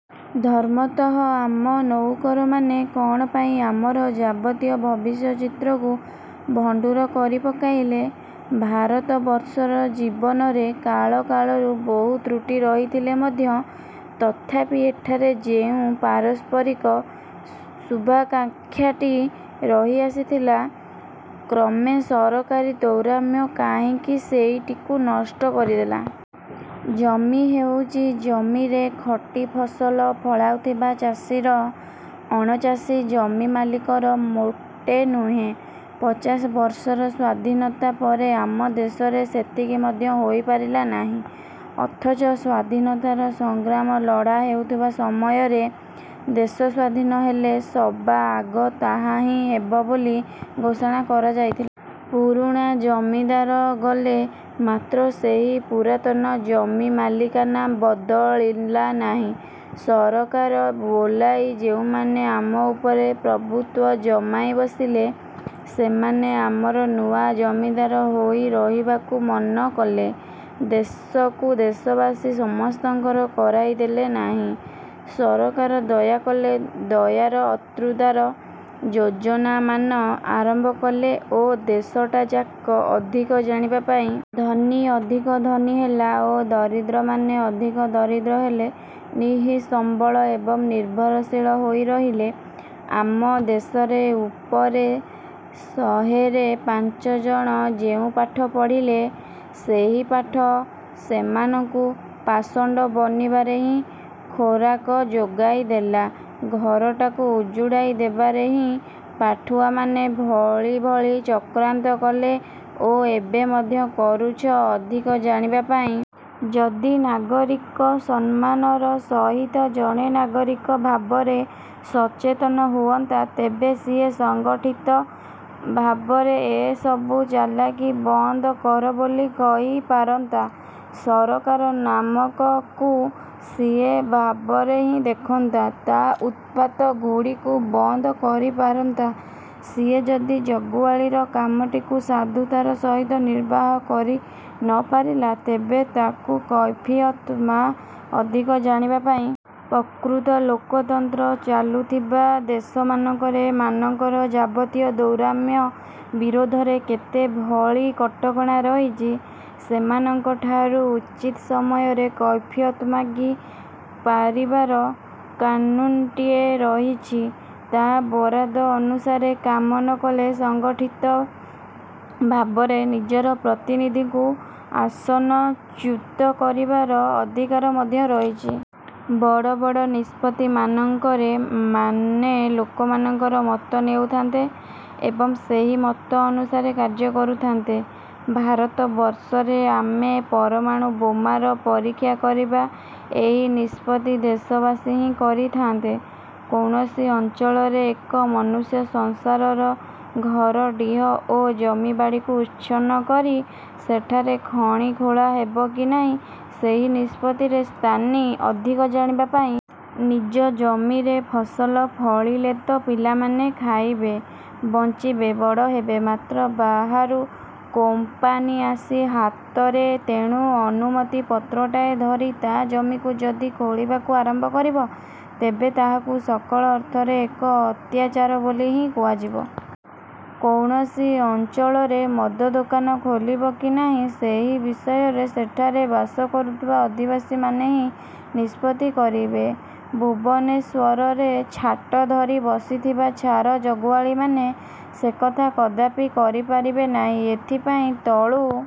ଧର୍ମତଃ ଆମ ନଉକରମାନେ କଣ ପାଇଁ ଆମର ଯାବତୀୟ ଭବିଷ୍ୟଚିତ୍ରକୁ ଭଣ୍ଡୁର କରି ପକାଇଲେ? ଭାରତବର୍ଷର ଜୀବନରେ କାଳ କାଳରୁ ବହୁ ତ୍ରୁଟି ରହିଥିଲେ ମଧ୍ୟ ତଥାପି ଏଠାରେ ଯେଉଁ ପାରସ୍ପରିକ ଶୁଭାକାଙ୍କ୍ଷାଟି ରହି ଆସିଥିଲା, କ୍ରମେ ସରକାରୀ ଦୌରାତ୍ମ୍ୟ କାହିଁକି ସେଇଟିକୁ ନଷ୍ଟ କରିଦେଲା? ଜମି ହେଉଛି ଜମିରେ ଖଟି ଫସଲ ଫଳାଉଥିବା ଚାଷୀର। ଅଣଚାଷୀ ଜମିମାଲିକର ମୋଟେ ନୁହେଁ। ପଚାଶବର୍ଷର ସ୍ଵାଧୀନତା ପରେ ଆମ ଦେଶରେ ସେତିକି ମଧ୍ୟ ହୋଇପାରିଲା ନାହିଁ। ଅଥଚ ସ୍ଵାଧୀନତାର ସଂଗ୍ରାମ ଲଢ଼ା ହେଉଥିବା ସମୟରେ ଦେଶ ସ୍ୱାଧୀନ ହେଲେ ସବା ଆଗ ତାହା ହିଁ ହେବ ବୋଲି ଘୋଷଣା କରାଯାଇଥିଲା। ପୁରୁଣା ଜମିଦାର ଗଲେ, ମାତ୍ର ସେହି ପୁରାତନ ଜମିମାଲିକାନା ବଦଳିଲା ନାହିଁ। ସରକାର ବୋଲାଇ ଯେଉଁମାନେ ଆମ ଉପରେ ପ୍ରଭୁତ୍ଵ ଜମାଇ ବସିଲେ, ସେମାନେ ଆମର ନୂଆ ଜମିଦାର ହୋଇ ରହିବାକୁ ମନ କଲେ। ଦେଶକୁ ଦେଶବାସୀ ସମସ୍ତଙ୍କର କରାଇ ଦେଲେ ନାହିଁ। ସରକାର ଦୟା କଲେ, ଦୟାର ଅତ୍ୟୁଦାର ଯୋଜନାମାନ ଆରମ୍ଭ କଲେ ଓ ଦେଶଟା ଯାକ ଘୋଟି ରହିଥିବା ଅନ୍ଧାରର ସୁଯୋଗ ନେଇ ପଇସା ମାରିନେଲେ। ଧନୀ ଅଧିକ ଧନୀ ହେଲା ଓ ଦରିଦ୍ରମାନେ ଅଧିକ ଦରିଦ୍ର ହେଲେ। ନିଃସମ୍ବଳ ଏବଂ ନିର୍ଭରଶୀଳ ହୋଇ ରହିଲେ। ଆମ ଦେଶରେ ଉପରେ ଶହେରେ ପାଞ୍ଚଜଣ ଯେଉଁ ପାଠ ପଢ଼ିଲେ, ସେହି ପାଠ ସେମାନଙ୍କୁ ପାଷଣ୍ଡ ବନିବାରେ ହିଁ ଖୋରାକ ଯୋଗାଇ ଦେଲା। ଘରଟାକୁ ଉଜୁଡାଇ ଦେବାରେ ହିଁ ପାଠୁଆମାନେ ଭଳି ଭଳି ଚକ୍ରାନ୍ତ କଲେ ଓ ଏବେ ମଧ୍ୟ କରୁଛନ୍ତି। ଯଦି ନାଗରିକ ସମ୍ମାନର ସହିତ ଜଣେ ନାଗରିକ ଭାବରେ ସଚେତନ ହୁଅନ୍ତା, ତେବେ ସିଏ ସଂଗଠିତ ଭାବରେ ଏହି ସବୁ ଚାଲାଖି ବନ୍ଦ କରବୋଲି କହିପାରନ୍ତା। ସରକାର ନାମକ କୁ ସିଏ ଭାବରେ ହିଁ ଦେଖନ୍ତା। ତା' ଊତ୍ପାତ ଗୁଡ଼ିକୁ ବନ୍ଦ କରିପାରନ୍ତା। ସିଏ ଯଦି ଜଗୁଆଳୀର କାମଟିକୁ ସାଧୁତାର ସହିତ ନିର୍ବାହ କରି ନପାରିଲା, ତେବେ ତାକୁ କୈଫିୟତ ମାଗନ୍ତା। ପ୍ରକୃତ ଲୋକତନ୍ତ୍ର ଚାଲୁଥିବା ଦେଶମାନଙ୍କରେ ମାନଙ୍କର ଯାବତୀୟ ଦୌରାତ୍ମ୍ୟ ବିରୋଧରେ କେତେ ଭଳି କଟକଣା ରହିଛି। ସେମାନଙ୍କ ଠାରୁ ଉଚିତ ସମୟରେ କୈଫିୟତ ମାଗି ପାରିବାର କାନୁନ୍ଟିଏ ରହିଛି। ତା' ବରାଦ ଅନୁସାରେ କାମ ନକଲେ ସଂଗଠିତ ଭାବରେ ନିଜର ପ୍ରତିନିଧିଙ୍କୁ ଆସନଚ୍ୟୁତ କରିବାର ଅଧିକାର ମଧ୍ୟ ରହିଛି। ବଡ଼ ବଡ଼ ନିଷ୍ପତ୍ତିମାନଙ୍କରେ ମାନେ ଲୋକମାନଙ୍କର ମତ ନେଉଥାନ୍ତେ ଏବଂ ସେହି ମତ ଅନୁସାରେ କାର୍ଯ୍ୟ କରୁଥାନ୍ତେ। ଭାରତବର୍ଷରେ ଆମେ ପରମାଣୁ ବୋମାର ପରୀକ୍ଷା କରିବା, ଏହି ନିଷ୍ପତ୍ତି ଦେଶବାସୀ ହିଁ କରିଥାନ୍ତେ। କୌଣସି ଅଞ୍ଚଳରେ ଏକ ମନୁଷ୍ୟସଂସାରର ଘରଡ଼ିହ ଓ ଜମିବାଡ଼ିକୁ ଉଚ୍ଛନ୍ନ କରି ସେଠାରେ ଖଣି ଖୋଳା ହେବ କି ନାହିଁ ସେହି ନିଷ୍ପତ୍ତିରେ ସ୍ଥାନୀୟ ସ୍ଥାୟୀ ଅଧିବାସୀମାନଙ୍କର ମଧ୍ୟ ଏକମତ ରହିଥାନ୍ତା। ନିଜ ଜମିରେ ଫସଲ ଫଳିଲେ ତ ପିଲାମାନେ ଖାଇବେ, ବଂଚିବେ, ବଡ଼ ହେବେ। ମାତ୍ର ବାହାରୁ କୋମ୍ପାନୀ ଆସି ହାତରେ ତେଣୁ ଅନୁମତିପତ୍ରଟାଏ ଧରି ତା ଜମିକୁ ଯଦି ଖୋଳିବାକୁ ଆରମ୍ଭ କରିବ, ତେବେ ତାହାକୁ ସକଳ ଅର୍ଥରେ ଏକ ଅତ୍ୟାଚାର ବୋଲି ହିଁ କୁହାଯିବ। କୌଣସି ଅଂଚଳରେ ମଦ ଦୋକାନ ଖୋଲିବ କି ନାହିଁ, ସେହି ବିଷୟରେ ସେଠାରେ ବାସ କରୁଥିବା ଅଧିବାସୀମାନେ ହିଁ ନିଷ୍ପତ୍ତି କରିବେ। ଭୁବନେଶ୍ୱରରେ ଛାଟ ଧରି ବସିଥିବା ଛାର ଜଗୁଆଳୀମାନେ ସେକଥା କଦାପି କରିପାରିବେ ନାହିଁ। ଏଥିପାଇଁ ତଳୁ